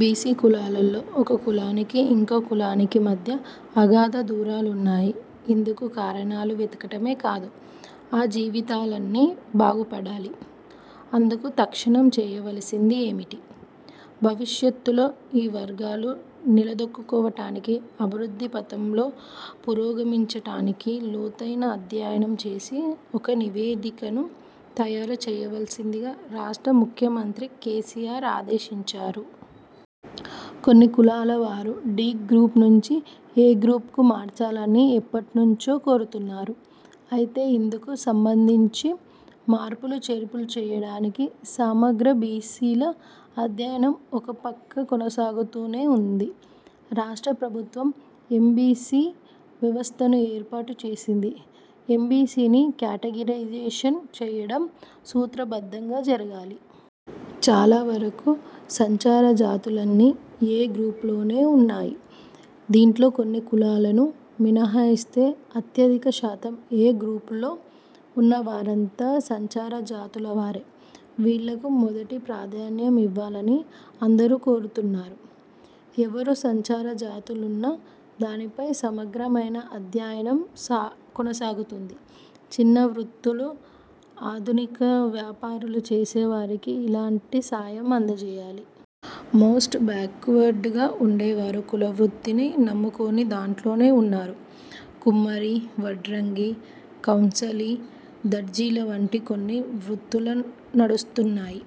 BC కులాల్లో ఒక కులానికి ఇంకో కులానికి మధ్య అగాధ దూరాలున్నాయి. ఇందుకు కారణాలు వెతకటమే కాదు, ఆ జీవితాలన్నీ బాగుపడాలి. అందుకు తక్షణం చేయవల్సింది ఏమిటి? భవిష్యత్లో ఈ వర్గాలు నిలదొక్కుకోవటానికి, అభివృద్ధి పథంలో పురోగమించటానికి లోతైన అధ్యయనం చేసి ఒక నివేదికను తయారు చేయవల్సిందిగా రాష్ట్ర ముఖ్యమంత్రి కేసీఆర్ ఆదేశించారు. కొన్ని కులాల వారు డీ గ్రూప్ నుంచి ఏ గ్రూపునకు మార్చాలని ఎప్పట్నించో కోరుతున్నారు. అయితే ఇందుకు సంబంధించి మార్పులు చేర్పులు చేయడానికి సమగ్ర బీసీల అధ్యయనం ఒక పక్క కొనసాగుతూనే ఉంది. రాష్ట్ర ప్రభుత్వం ఎంబీసీ వ్యవస్థను ఏర్పాటు చేసింది. ఎంబీసీని క్యాటగిరైజేషన్ చేయటం సూత్రబద్ధంగా జరగాలి. చాలా వరకు సంచారజాతులన్నీ 'ఏ' గ్రూపులోనే ఉన్నాయి. దీంట్లో కొన్ని కులాలను మినహాయిస్తే అత్యధిక శాతం 'ఏ' గ్రూపులో ఉన్న వారంతా సంచారజాతులవారే. వీళ్లకు మొదటి ప్రాధాన్యం ఇవ్వాలని అందరూ కోరుతున్నారు. ఎవరు సంచారజాతులన్న దానిపై సమగ్రమైన అధ్యయనం కొనసాగుతుంది. చిన్న వృత్తులు, ఆధునిక వ్యాపారాలు చేసేవారికి ఎలాంటి సాయం అందజేయాలి. మోస్ట్ బ్యాక్వర్డ్గా ఉండేవారు కులవృత్తిని నమ్ముకొని దాంట్లోనే ఉన్నారు. కుమ్మరి, వడ్రంగి, కంసలి, దర్జీల వంటి కొన్ని వృత్తులు నడుస్తున్నాయి.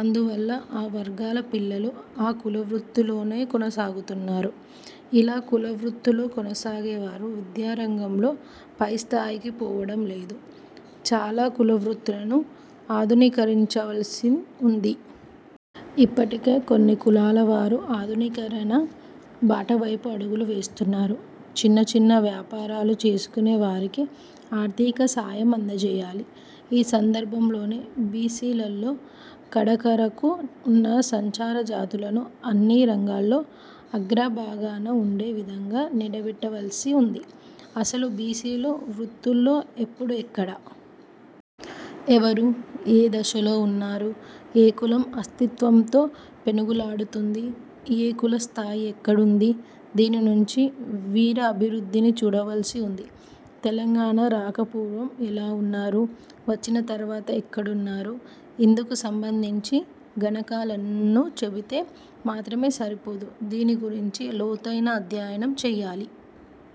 అందువల్ల ఆ వర్గాల పిల్లలు ఆ కులవృత్తిలోనే కొనసాగుతున్నారు. ఇలా కులవృత్తులు కొనసాగేవారు విద్యారంగంలో పైస్థాయికి పోవడం లేదు. చాలా కులవృత్తులను ఆధునికీకరించవల్సి ఉంది. ఇప్పటికే కొన్ని కులాల వారు ఆధునికీకరణ బాటవైపు అడుగులు వేస్తున్నారు. చిన్నచిన్న వ్యాపారాలు చేసుకునే వారికి ఆర్థిక సాయం అందజేయాలి. ఈ సందర్భంలోనే బీసీలలో కడఖరకు ఉన్న సంచారజాతులను అన్ని రంగాల్లో అగ్రభాగాన ఉండే విధంగా నిలబెట్టవల్సి ఉంది. అసలు బీసీలు వృత్తుల్లో ఏప్పుడు ఎక్కడ? ఎవరు? ఏ దశలో ఉన్నారు? ఏ కులం అస్తిత్వంతో పెనుగులాడుతుంది. ఏ కుల స్థాయి ఎక్కడుంది? దీని నుంచి వీరి అభివృద్ధిని చూడవల్సి ఉంది. తెలంగాణ రాకపూర్వం ఎలా ఉన్నారు? వచ్చిన తర్వాత ఎక్కడున్నారు? ఇందుకు సంబంధించి గణకాలను చెబితే మాత్రమే సరిపోదు. దీని గురించి లోతైన అధ్యయనం చేయాలి.